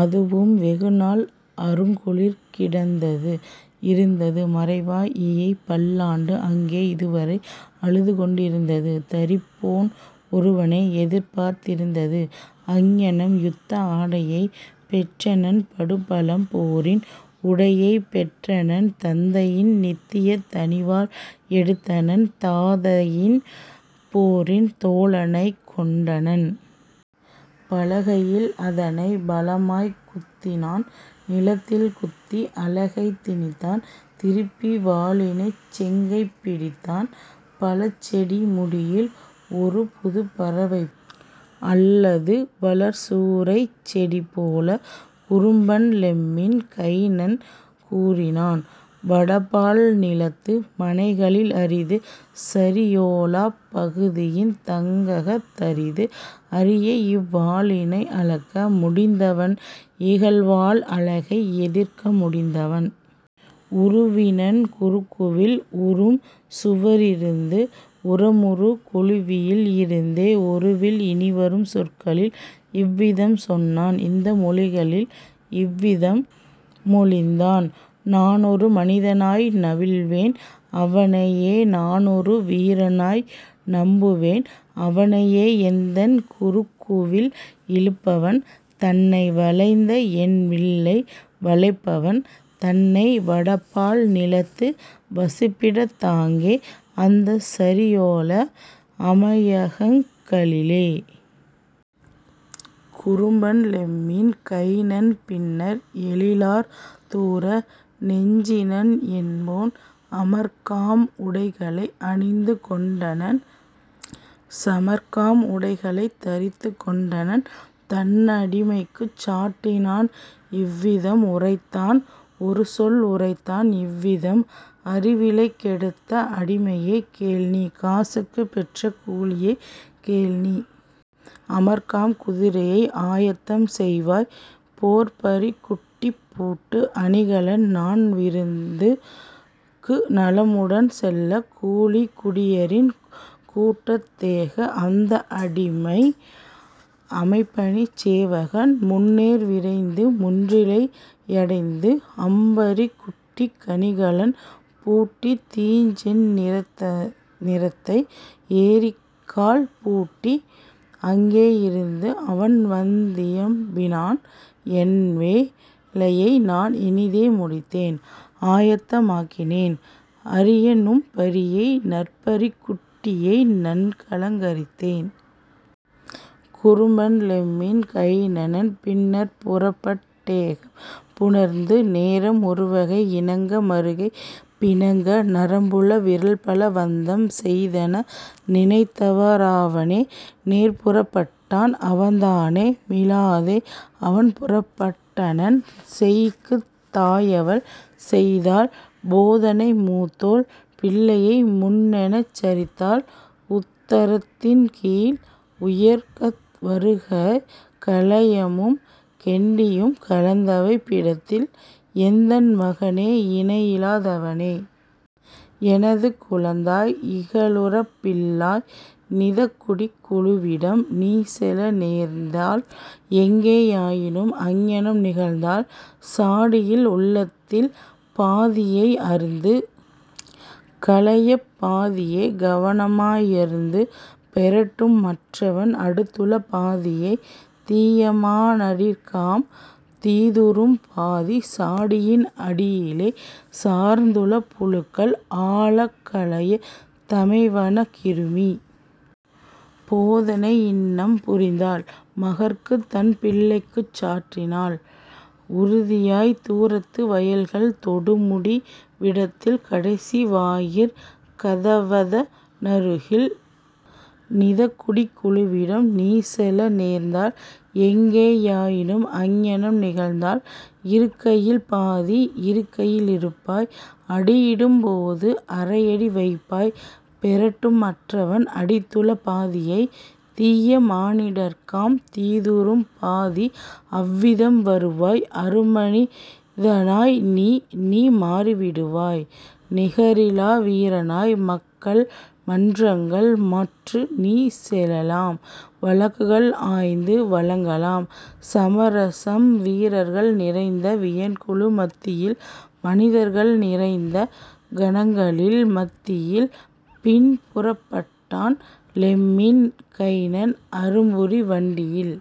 அதுவும் வெகுநாள் அருங்குளிர்க் கிடந்தது இருந்தது மறைவாய் இயைபல் லாண்டு அங்கே இதுவரை அழுதுகொண் டிருந்தது தரிப்போன் ஒருவனை எதிர்பார்த் திருந்தது. " அங்ஙனம் யுத்த ஆடையைப் பெற்றனன் படுபழம் போரின் உடையைப் பெற்றனன் தந்தையின் நித்தியத் தனிவாள் எடுத்தனன் தாதையின் போரின் தோழனைக் கொண்டனன் பலகையில் அதனைப் பலமாய்க் குத்தினான் நிலத்தில் குத்தி அலகைத் திணித்தான்: திருப்பி வாளினைச் செங்கைப் பிடித்தான் பழச்செடி முடியில் ஒருபுதுப் பறவைபோல் அல்லது வளர் சூ ரைச்செடி போல; குறும்பன் லெம்மின் கைனன் கூறினன்: "வடபால் நிலத்து மனைகளில் அரிது சரியொலாப் பகுதியின் தங்ககத் தரிது அரியஇவ் வாளினை அளக்க முடிந்தவன் இகல்வாள் அலகை எதிர்க்க முடிந்தவன். " உருவினன் குறுக்குவில் உறும்சுவ ரிருந்து உரமுறு கொளுவியில் இருந்தே ஒருவில் இனிவரும் சொற்களில் இவ்விதம் சொன்னான் இந்த மொழிகளில் இவ்விதம் மொழிந்தான்: "நானொரு மனிதனாய் நவில்வேன் அவனையே நானொரு வீரனாய் நம்புவேன் அவனையே எந்தன் குறுக்குவில் இழுப்பவன் தன்னை வளைந்தஎன் வில்லை வளைப்பவன் தன்னை வடபால் நிலத்து வசிப்பிடத் தாங்கே அந்தச் சரியொலா அமையகங் களிலே. " குறும்பன் லெம்மின் கைனன் பின்னர் எழிலார் தூர நெஞ்சினன் என்போன் அமர்க்காம் உடைகளை அணிந்து கொண்டனன் சமர்க்காம் உடைகளைத் தரித்துக் கொண்டனன் தன்அடி மைக்குச் சாற்றினான் இவ்விதம் உரைத்தான் ஒருசொல் உரைத்தான் இவ்விதம்: "அறவிலைக் கெடுத்த அடிமையே கேள்நீ! காசுக்குப் பெற்ற கூலியே, கேள்நீ! அமர்க்காம் குதிரையை ஆயத்தம் செய்வாய் போர்ப்பரிக் குட்டிக்குப் பூட்டு அணிகலன் நான்விருந் துக்கு நலமுடன் செல்ல கூளிக் குடியரின் ற தேக! " அந்த அடிமை அமைபணிச் சேவகன் முன்னேர் விரைந்து முன்றிலை யடைந்து அம்பரிக் குட்டிக் கணிகலன் பூட்டி தீச்செந் நிறத்ததை ஏர்க்கால் பூட்டி அங்கே யிருந்து அவன்வந் தியம்பினான்: "என்வே லையைநான் இனிதே முடித்தேன் ஆயத்த மாக்கினேன் அரியநும் பரியை நற்பரிக் குட்டியை நன்கலங் கரித்தேஸ்ன. " குறும்பன் லெம்மின் கைனன் பின்னர் புறப்பட் டேகப் புணர்ந்து நேரம் ஒருகை இணங்க மறுகை பிணங்க நரம்புள விரல்பல வந்தம் செய்தன; நினைடத்தவா றவனே நேர்புறப் பட்டான் அவதான மிலாதே அவன்புறப் பட்டனன். சேய்க்குத் தாயவள் செய்தாள் போதனை மூத்தோள் பிள்ளையை முன்னெச் சரித்தாள் உத்தரத் தின்கீழ் உயர்கத வருகே கலயமும் கெண்டியும் கலந்தவைப் பிடத்தில்: "எந்தன் மகனே, இணையிலா தவனே! எனது குழந்தாய், இகலுரப் பிள்ளாய்! நிதக்குடிக் குழுவிடம் நீசெல நேர்ந்தால் எங்கே யாயினும் அங்ஙனம் நிகழ்ந்தால் சாடியில் உள்ளதில் பாதியை அருந்து கலயப் பாதியே கவனமா யருந்து பெறட்டும் மற்றவன் அடுத்துள பாதியை தீயமா னிடர்க்காம் தீதுறும் பாதி சாடியின் அடியிலே சார்ந்துள புழுக்கள் ஆழக் கலயத் தமைவன கிருமி. " போதனை இன்னம் புரிந்தாள் மகற்கு தன்பிள் ளைக்குச் சாற்றினள் உறுதியாய் தூரத்து வயல்கள் தொடுமுடி விடத்தில் கடைசி வாயிற் கதவத னருகில்; "நிதக்குடிக் குழுவிடம் நீசெல நேர்ந்தால் எங்கே யாயினும் அங்ஙனம் நிகழ்ந்தால் இருக்கையில் பாதி இருக்கையி லிருப்பாய் அடியிடும் போது அரையடி வைப்பாய் பெறட்டும் மற்றவன் அடுத்துள பாதியை தீயமா னிடர்க்காம் தீதுறும் பாதி அவ்விதம் வருவாய் அருமனி தனாய்நீ நீமா றிடுவாய் நிகரிலா வீரனாய் மக்கள்மன் றங்கள் மற்றுநீ செலலாம் வழக்குகள் ஆய்ந்து வழங்கலாம் சமரசம் வீரர்கள் நிறைந்த வியன்குழு மத்தியில் மனிதர்கள் நிறைந்த கணங்களின் மத்தியில். " பின்புறப் பட்டான் லெம்மின் கைனன் அரும்பரி வண்டியில்